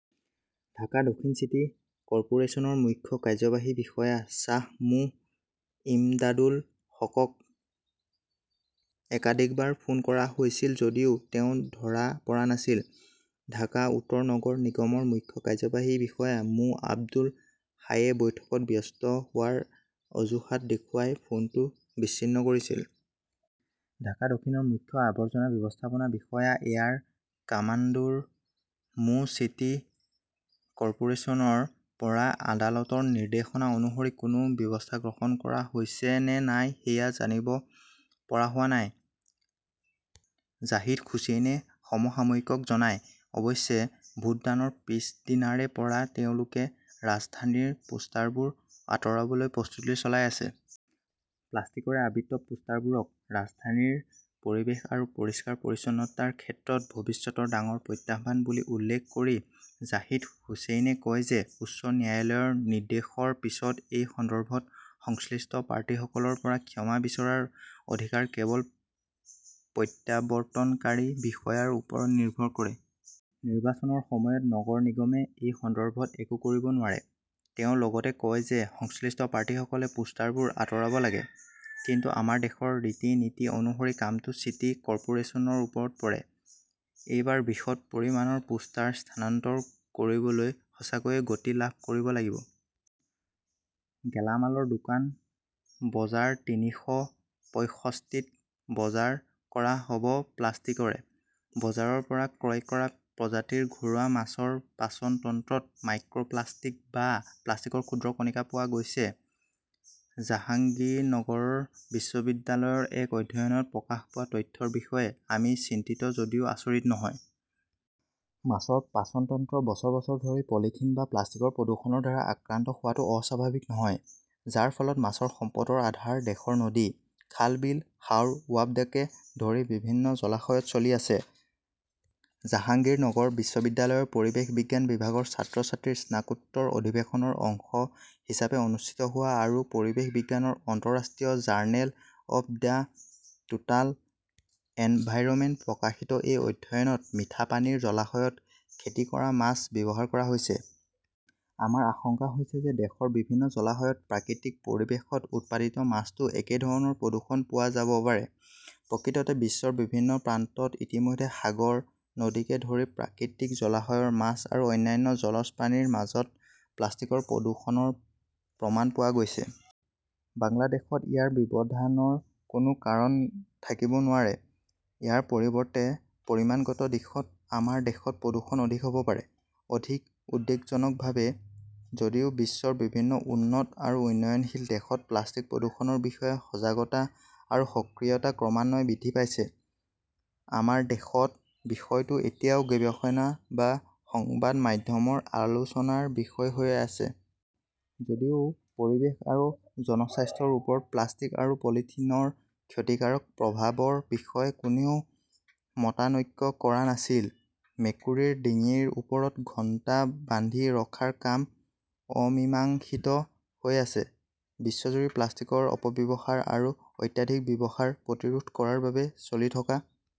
ঢাকা দক্ষিণ চিটি কৰ্পোৰেচনৰ মুখ্য কাৰ্যবাহী বিষয়া শ্বাহ মো. ইমদাদুল হকক একাধিকবাৰ ফোন কৰা হৈছিল যদিও তেওঁ ধৰা পৰা নাছিল। ঢাকা উত্তৰ নগৰ নিগমৰ মুখ্য কাৰ্যবাহী বিষয়া মো. আব্দুল হাইয়ে বৈঠকত ব্যস্ত হোৱাৰ অজুহাত দেখুৱাই ফোনটো বিচ্ছিন্ন কৰিছিল। ঢাকা দক্ষিণৰ মুখ্য আৱৰ্জনা ব্যৱস্থাপনা বিষয়া এয়াৰ কমাডোৰ মো. চিটি কৰ্পোৰেচনৰ পৰা আদালতৰ নিৰ্দেশনা অনুসৰি কোনো ব্যৱস্থা গ্ৰহণ কৰা হৈছে নে নাই সেয়া জানিব পৰা হোৱা নাই, জাহিদ হুচেইনে সমসাময়িকক জনায়। অৱশ্যে, ভোটদানৰ পিছদিনাৰে পৰা তেওঁলোকে ৰাজধানীৰ পোষ্টাৰবোৰ আঁতৰাবলৈ প্ৰস্তুতি চলাই আছে। প্লাষ্টিকৰে আবৃত পোষ্টাৰবোৰক ৰাজধানীৰ পৰিৱেশ আৰু পৰিষ্কাৰ-পৰিচ্ছন্নতাৰ ক্ষেত্ৰত ভৱিষ্যতৰ ডাঙৰ প্ৰত্যাহ্বান বুলি উল্লেখ কৰি জাহিদ হুচেইনে কয় যে উচ্চ ন্যায়ালয়ৰ নিৰ্দেশৰ পিছত এই সন্দৰ্ভত সংশ্লিষ্ট প্ৰাৰ্থীসকলৰ পৰা ক্ষমা বিচৰাৰ অধিকাৰ কেৱল প্ৰত্যাৱৰ্তনকাৰী বিষয়াৰ ওপৰত নিৰ্ভৰ কৰে। নিৰ্বাচনৰ সময়ত নগৰ নিগমে এই সন্দৰ্ভত একো কৰিব নোৱাৰে। তেওঁ লগতে কয় যে সংশ্লিষ্ট প্ৰাৰ্থীসকলে পোষ্টাৰবোৰ আঁতৰাব লাগে; কিন্তু আমাৰ দেশৰ ৰীতি-নীতি অনুসৰি কামটো চিটি কৰ্পোৰেচনৰ ওপৰত পৰে। এইবাৰ বৃহৎ পৰিমাণৰ পোষ্টাৰ স্থানান্তৰ কৰিবলৈ সঁচাকৈয়ে গতি লাভ কৰিব লাগিব। গেলামালৰ দোকান বজাৰ তিনিশ পয়ষষ্ঠি ত বজাৰ কৰা হ'ব প্লাষ্টিকৰে! বজাৰৰ পৰা ক্ৰয় কৰা প্ৰজাতিৰ ঘৰুৱা মাছৰ পাচন তন্ত্ৰত 'মাইক্ৰ "প্লাষ্টিক" বা প্লাষ্টিকৰ ক্ষুদ্ৰ কণিকা পোৱা গৈছে-জাহাংগীৰনগৰ বিশ্ববিদ্যালয়ৰ এক অধ্যয়নত প্ৰকাশ পোৱা তথ্যৰ বিষয়ে আমি চিন্তিত যদিও আচৰিত নহয়। মাছৰ পাচন তন্ত্ৰ বছৰ বছৰ ধৰি পলিথিন বা প্লাষ্টিকৰ প্ৰদূষণৰ দ্বাৰা আক্ৰান্ত হোৱাটো অস্বাভাৱিক নহয়, যাৰ ফলত মাছৰ সম্পদৰ আধাৰ দেশৰ নদী, খাল-বিল, হাওৰ-বাৱডকে ধৰি বিভিন্ন জলাশয়ত চলি আছে। জাহাংগীৰনগৰ বিশ্ববিদ্যালয়ৰ পৰিৱেশ বিজ্ঞান বিভাগৰ ছাত্ৰ-ছাত্ৰীৰ স্নাতকোত্তৰ অধিৱেশনৰ অংশ হিচাপে অনুষ্ঠিত হোৱা আৰু পৰিৱেশ বিজ্ঞানৰ আন্তঃৰাষ্ট্ৰীয় জাৰ্নেল অৱ দ্য টোটাল এনভাইৰনমেণ্টত প্ৰকাশিত এই অধ্যয়নত মিঠা পানীৰ জলাশয়ত খেতি কৰা মাছ ব্যৱহাৰ কৰা হৈছে। আমাৰ আশংকা হৈছে যে দেশৰ বিভিন্ন জলাশয়ত প্ৰাকৃতিক পৰিৱেশত উৎপাদিত মাছতো একে ধৰণৰ প্ৰদূষণ পোৱা যাব পাৰে। প্ৰকৃততে, বিশ্বৰ বিভিন্ন প্ৰান্তত ইতিমধ্যে সাগৰ, নদীকে ধৰি প্ৰাকৃতিক জলাশয়ৰ মাছ আৰু অন্যান্য জলজ প্ৰাণীৰ মাজত প্লাষ্টিকৰ প্ৰদূষণৰ প্ৰমাণ পোৱা গৈছে। বাংলাদেশত ইয়াৰ ব্যৱধানৰ কোনো কাৰণ থাকিব নোৱাৰে। ইয়াৰ পৰিৱৰ্তে পৰিমাণগত দিশত আমাৰ দেশত প্ৰদূষণ অধিক হ’ব পাৰে। অধিক উদ্বেগজনকভাৱে, যদিও বিশ্বৰ বিভিন্ন উন্নত আৰু উন্নয়নশীল দেশত প্লাষ্টিক প্ৰদূষণৰ বিষয়ে সজাগতা আৰু সক্ৰিয়তা ক্ৰমান্বয়ে বৃদ্ধি পাইছে, আমাৰ দেশত বিষয়টো এতিয়াও গৱেষণা বা সংবাদ মাধ্যমৰ আলোচনাৰ বিষয় হৈ আছে। যদিও পৰিৱেশ আৰু জনস্বাস্থ্যৰ ওপৰত প্লাষ্টিক আৰু পলিথিনৰ ক্ষতিকাৰক প্ৰভাৱৰ বিষয়ে কোনেও মতানৈক্য কৰা নাছিল, মেকুৰীৰ ডিঙিৰ ওপৰত ঘণ্টা বান্ধি ৰখাৰ কাম অমীমাংসিত হৈ আছে। বিশ্বজুৰি প্লাষ্টিকৰ অপব্যৱহাৰ আৰু অত্যাধিক ব্যৱহাৰ প্ৰতিৰোধ কৰাৰ বাবে চলি থকা